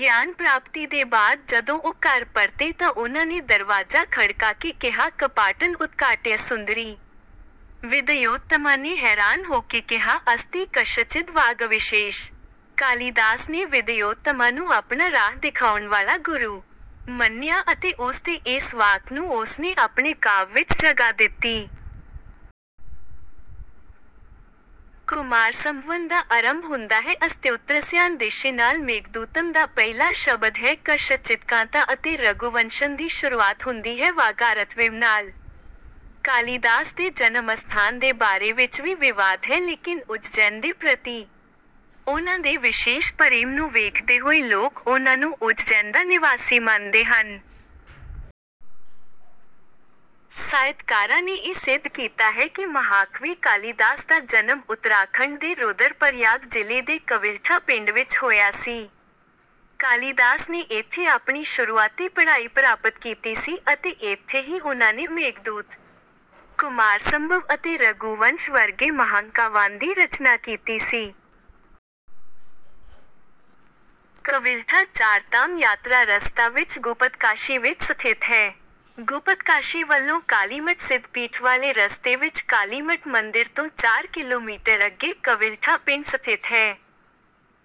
ਗਿਆਨ ਪ੍ਰਾਪਤੀ ਦੇ ਬਾਅਦ ਜਦੋਂ ਉਹ ਘਰ ਪਰਤੇ ਤਾਂ ਉਨ੍ਹਾਂ ਨੇ ਦਰਵਾਜਾ ਖੜਕਾ ਕੇ ਕਿਹਾ ਕਪਾਟੰ ਉਦਘਾਟਿਅ ਸੁੰਦਰੀ। ਵਿਦਯੋੱਤਮਾ ਨੇ ਹੈਰਾਨ ਹੋਕੇ ਕਿਹਾ ਅਸਤੀ ਕਸ਼ਚਿਦ ਵਾਗਵਿਸ਼ੇਸ਼। ਕਾਲੀਦਾਸ ਨੇ ਵਿਦਯੋੱਤਮਾ ਨੂੰ ਆਪਣਾ ਰਾਹ ਦਿਖਾਉਣ ਵਾਲਾ ਗੁਰੂ ਮੰਨਿਆ ਅਤੇ ਉਸਦੇ ਇਸ ਵਾਕ ਨੂੰ ਉਸ ਨੇ ਆਪਣੇ ਕਾਵ ਵਿੱਚ ਜਗ੍ਹਾ ਦਿੱਤੀ। ਕੁਮਾਰਸੰਭਵੰ ਦਾ ਅਰੰਭ ਹੁੰਦਾ ਹੈ ਅਸਤਿਉੱਤਰਸਿਆੰ ਦਿਸ਼ਿ ਨਾਲ ਮੇਘਦੂਤਮ ਦਾ ਪਹਿਲਾ ਸ਼ਬਦ ਹੈ ਕਸ਼ਚਿਤਕਾਂਤਾ ਅਤੇ ਰਘੁਵੰਸ਼ੰ ਦੀ ਸ਼ੁਰੁਆਤ ਹੁੰਦੀ ਹੈ ਵਾਗਾਰਥਵਿਵ ਨਾਲ। ਕਾਲੀਦਾਸ ਦੇ ਜਨਮਸਥਾਨ ਦੇ ਬਾਰੇ ਵਿੱਚ ਵੀ ਵਿਵਾਦ ਹੈ ਲੇਕਿਨ ਉੱਜੈਨ ਦੇ ਪ੍ਰਤੀ ਉਨ੍ਹਾਂ ਦੇ ਵਿਸ਼ੇਸ਼ ਪ੍ਰੇਮ ਨੂੰ ਵੇਖਦੇ ਹੋਏ ਲੋਕ ਉਨ੍ਹਾਂ ਨੂੰ ਉੱਜੈਨ ਦਾ ਨਿਵਾਸੀ ਮੰਨਦੇ ਹਨ। ਸਾਹਿਤਕਾਰਾਂ ਨੇ ਇਹ ਸਿੱਧ ਕੀਤਾ ਹੈ ਕਿ ਮਹਾਕਵੀ ਕਾਲੀਦਾਸ ਦਾ ਜਨਮ ਉਤਰਾਖੰਡ ਦੇ ਰੁਦਰਪ੍ਰਯਾਗ ਜਿਲ੍ਹੇ ਦੇ ਕਵਿਲਠਾ ਪਿੰਡ ਵਿੱਚ ਹੋਇਆ ਸੀ। ਕਾਲੀਦਾਸ ਨੇ ਇੱਥੇ ਆਪਣੀ ਸ਼ੁਰੂਆਤੀ ਪੜ੍ਹਾਈ ਪ੍ਰਾਪਤ ਕੀਤੀ ਸੀ ਅਤੇ ਇੱਥੇ ਹੀ ਉਨ੍ਹਾਂ ਨੇ ਮੇਘਦੂਤ ਕੁਮਾਰਸੰਭਵ ਅਤੇ ਰਘੂਵੰਸ਼ ਵਰਗੇ ਮਹਾਂਕਾਵਾਂ ਦੀ ਰਚਨਾ ਕੀਤੀ ਸੀ। ਕਵਿਲਠਾ ਚਾਰਧਾਮ ਯਾਤਰਾ ਰਸਤਾ ਵਿੱਚ ਗੁਪਤਕਾਸ਼ੀ ਵਿੱਚ ਸਥਿਤ ਹੈ। ਗੁਪਤਕਾਸ਼ੀ ਵਲੋਂ ਕਾਲੀਮਠ ਸਿੱਧਪੀਠ ਵਾਲੇ ਰਸਤੇ ਵਿੱਚ ਕਾਲੀਮਠ ਮੰਦਿਰ ਤੋਂ ਚਾਰ ਕਿਲੋਮੀਟਰ ਅੱਗੇ ਕਵਿਲਠਾ ਪਿੰਡ ਸਥਿਤ ਹੈ।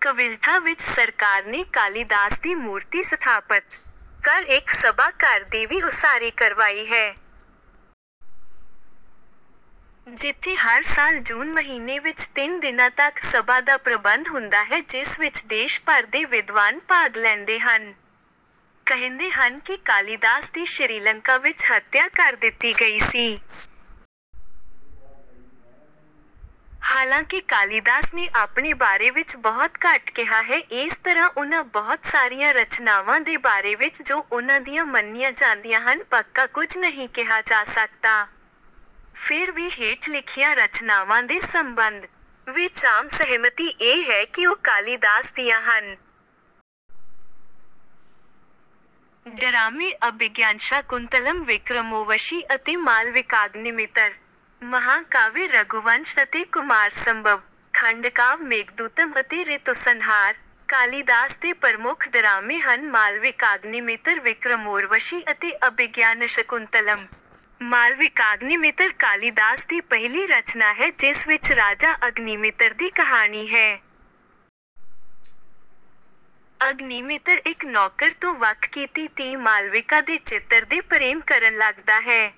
ਕਵਿਲਠਾ ਵਿੱਚ ਸਰਕਾਰ ਨੇ ਕਾਲੀਦਾਸ ਦੀ ਮੂਰਤੀ ਸਥਾਪਤ ਕਰ ਇੱਕ ਸਭਾ ਘਰ ਦੀ ਵੀ ਉਸਾਰੀ ਕਰਵਾਈ ਹੈ। ਜਿੱਥੇ ਹਰ ਸਾਲ ਜੂਨ ਮਹੀਨੇ ਵਿੱਚ ਤਿੰਨ ਦਿਨਾਂ ਤੱਕ ਸਭਾ ਦਾ ਪ੍ਰਬੰਧ ਹੁੰਦਾ ਹੈ ਜਿਸ ਵਿੱਚ ਦੇਸ਼ ਭਰ ਦੇ ਵਿਦਵਾਨ ਭਾਗ ਲੈਂਦੇ ਹਨ। ਕਹਿੰਦੇ ਹਨ ਕਿ ਕਾਲੀਦਾਸ ਦੀ ਸ਼ਿਰੀਲੰਕਾ ਵਿੱਚ ਹੱਤਿਆ ਕਰ ਦਿੱਤੀ ਗਈ ਸੀ। ਹਾਲਾਂਕਿ ਕਾਲੀਦਾਸ ਨੇ ਆਪਣੇ ਬਾਰੇ ਵਿੱਚ ਬਹੁਤ ਘੱਟ ਕਿਹਾ ਹੈ ਇਸ ਤਰ੍ਹਾਂ ਉਨ੍ਹਾਂ ਬਹੁਤ ਸਾਰੀਆਂ ਰਚਨਾਵਾਂ ਦੇ ਬਾਰੇ ਵਿੱਚ ਜੋ ਉਨ੍ਹਾਂ ਦੀਆਂ ਮੰਨੀਆਂ ਜਾਂਦੀਆਂ ਹਨ ਪੱਕਾ ਕੁੱਝ ਨਹੀਂ ਕਿਹਾ ਜਾ ਸਕਦਾ। ਫਿਰ ਵੀ ਹੇਠ ਲਿਖੀਆਂ ਰਚਨਾਵਾਂ ਦੇ ਸੰਬੰਧ ਵਿੱਚ ਆਮ ਸਹਿਮਤੀ ਇਹ ਹੈ ਕਿ ਉਹ ਕਾਲੀਦਾਸ ਦੀਆਂ ਹਨ। ਡਰਾਮੇ ਅਭਿਗਿਆਨਸ਼ਾਕੁੰਤਲਮ ਵਿਕਰਮੋਵਸ਼ੀ ਅਤੇ ਮਾਲਵਿਕਾਗਨਿਮਿਤਰ। ਮਹਾਂਕਾਵਿ ਰਘੁਵੰਸ਼ ਅਤੇ ਕੁਮਾਰਸੰਭਵ। ਖੰਡਕਾਵ ਮੇਘਦੂਤਮ ਅਤੇ ਰਿਤੁਸੰਹਾਰ। ਕਾਲੀਦਾਸ ਦੇ ਪ੍ਰਮੁੱਖ ਡਰਾਮੇ ਹਨ ਮਾਲਵਿਕਾਗਨਿਮਿਤਰ ਵਿਕਰਮੋਰਵਸ਼ੀ ਅਤੇ ਅਭਿਗਿਆਨਸ਼ਕੁੰਤਲਮ। ਮਾਲਵਿਕਾਗਨਿਮਿਤਰ ਕਾਲੀਦਾਸ ਦੀ ਪਹਿਲੀ ਰਚਨਾ ਹੈ ਜਿਸ ਵਿੱਚ ਰਾਜਾ ਅਗਨੀਮਿਤਰ ਦੀ ਕਹਾਣੀ ਹੈ। ਅਗਨੀਮਿਤਰ ਇੱਕ ਨੌਕਰ ਤੋਂ ਵੱਖ ਕੀਤੀ ਧੀ ਮਾਲਵਿਕਾ ਦੇ ਚਿੱਤਰ ਦੇ ਪ੍ਰੇਮ ਕਰਨ ਲੱਗਦਾ ਹੈ।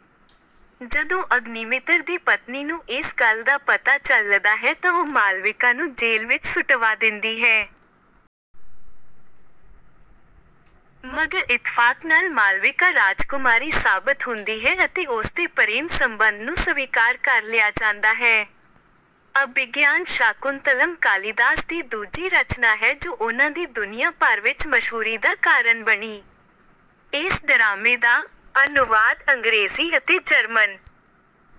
ਜਦੋਂ ਅਗਨੀਮਿਤਰ ਦੀ ਪਤਨੀ ਨੂੰ ਇਸ ਗੱਲ ਦਾ ਪਤਾ ਚੱਲਦਾ ਹੈ ਤਾਂ ਉਹ ਮਾਲਵਿਕਾ ਨੂੰ ਜੇਲ੍ਹ ਵਿੱਚ ਸੁਟਵਾ ਦਿੰਦੀ ਹੈ। ਮਗਰ ਇਤਫਾਕ ਨਾਲ ਮਾਲਵਿਕਾ ਰਾਜਕੁਮਾਰੀ ਸਾਬਤ ਹੁੰਦੀ ਹੈ ਅਤੇ ਉਸਦੇ ਪ੍ਰੇਮ ਸੰਬੰਧ ਨੂੰ ਸਵੀਕਾਰ ਕਰ ਲਿਆ ਜਾਂਦਾ ਹੈ। ਅਭਿਗਿਆਨ ਸ਼ਾਕੁੰਤਲਮ ਕਾਲੀਦਾਸ ਦੀ ਦੂਜੀ ਰਚਨਾ ਹੈ ਜੋ ਉਨ੍ਹਾਂ ਦੀ ਦੁਨੀਆਂ ਭਰ ਵਿੱਚ ਮਸ਼ਹੂਰੀ ਦਾ ਕਾਰਨ ਬਣੀ। ਇਸ ਡਰਾਮੇ ਦਾ ਅਨੁਵਾਦ ਅੰਗਰੇਜ਼ੀ ਅਤੇ ਜਰਮਨ